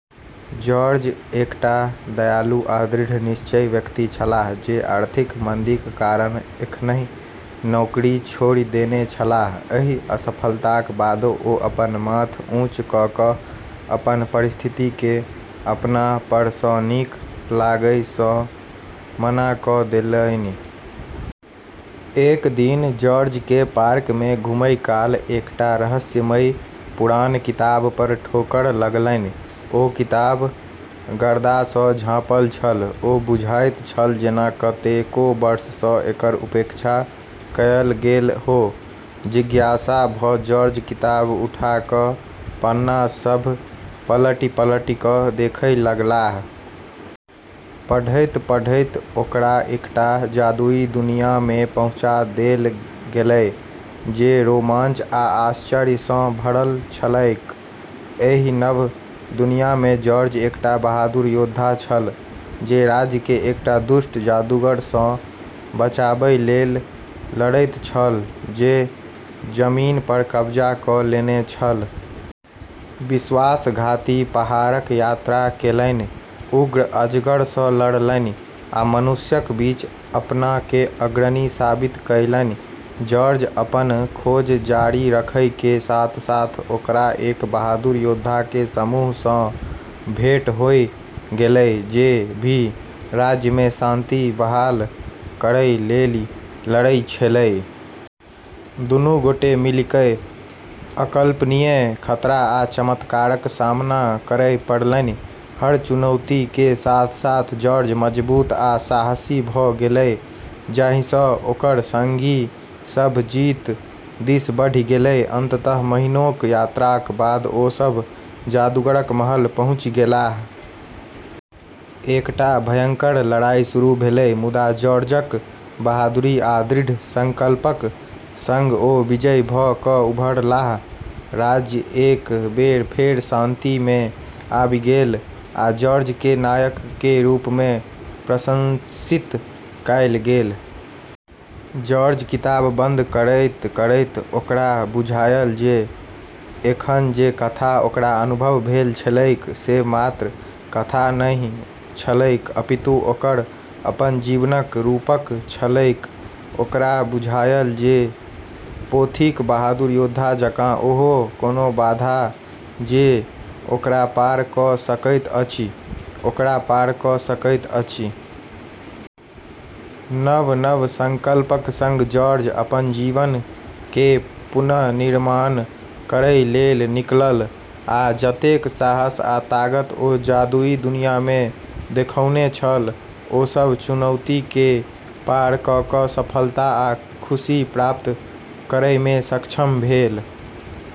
George एकटा दयालु आ दृढ़ निश्चयी व्यक्ति छलाह जे आर्थिक मंदीक कारण एखनहि नौकरी छोड़ि देने छलाह। एहि असफलताक बादो ओ अपन माथ ऊँच क' क' अपन परिस्थितिकेँ अपना पर सँ नीक लागय सँ मना क' देलनि। एक दिन जॉर्जकेँ पार्क मे घुमय काल एकटा रहस्यमयी पुरान किताब पर ठोकर लगलनि। ओ किताब गर्दासँ झाँपल छल, आ बुझाइत छल जेना कतेको वर्षसँ एकर उपेक्षा कयल गेल हो। जिज्ञासा भ' जॉर्ज किताब उठा क' पन्ना सभ पलटि-पलटि क' देखय लगलाह। पढ़ैत-पढ़ैत ओकरा एकटा जादुई दुनिया में पहुँचा देल गेलै, जे रोमांच आ आश्चर्य सँ भरल छलैक। एहि नव दुनिया में जॉर्ज एकटा बहादुर योद्धा छल, जे राज्य केँ एकटा दुष्ट जादूगर सँ बचाबय लेल लड़ैत छल जे जमीन पर कब्जा क' लेने छल। विश्वासघाती पहाड़क यात्रा केलनि, उग्र अजगर सँ लड़लनि आ मनुष्यक बीच अपना केँ अग्रणी साबित कयलनि। जॉर्ज अपनऽ खोज जारी रखै के साथ-साथ ओकरा एक बहादुर योद्धा के समूह सँ भेंट होय गेलै जे भी राज्य में शांति बहाल करै लेली लड़ै छेलै। दुनू गोटे मिलिकय अकल्पनीय खतरा आ चमत्कारक सामना करय पड़लनि। हर चुनौती के साथ-साथ जॉर्ज मजबूत आ साहसी भ' गेलै, जाहिसँ ओकर संगी सभ जीत दिस बढ़ि गेलै। अंततः महीनोक यात्राक बाद ओ सभ जादूगरक महल पहुँचि गेलाह। एकटा भयंकर लड़ाई शुरू भेलै, मुदा जॉर्जक बहादुरी आ दृढ़ संकल्पक संग ओ विजयी भ' क' उभरलाह। राज्य एक बेर फेर शांति में आबि गेल, आ जॉर्ज के नायक के रूप में प्रशंसित कयल गेल। जॉर्ज किताब बंद करैत-करैत ओकरा बुझायल जे एखन जे कथा ओकरा अनुभव भेल छलैक से मात्र कथा नहि छलैक, अपितु ओकर अपन जीवनक रूपक छलैक। ओकरा बुझायल जे पोथीक बहादुर योद्धा जकाँ ओहो कोनो बाधा जे ओकरा पार क' सकैत अछि, ओकरा पार क' सकैत अछि। नव-नव संकल्पक संग जॉर्ज अपन जीवन के पुनर्निर्माण करै लेल निकलल, आ जतेक साहस आ ताकत ओ जादुई दुनिया में देखउने छल, ओ सब चुनौती के पार क' क' सफलता आ खुशी प्राप्त करयमे सक्षम भेल।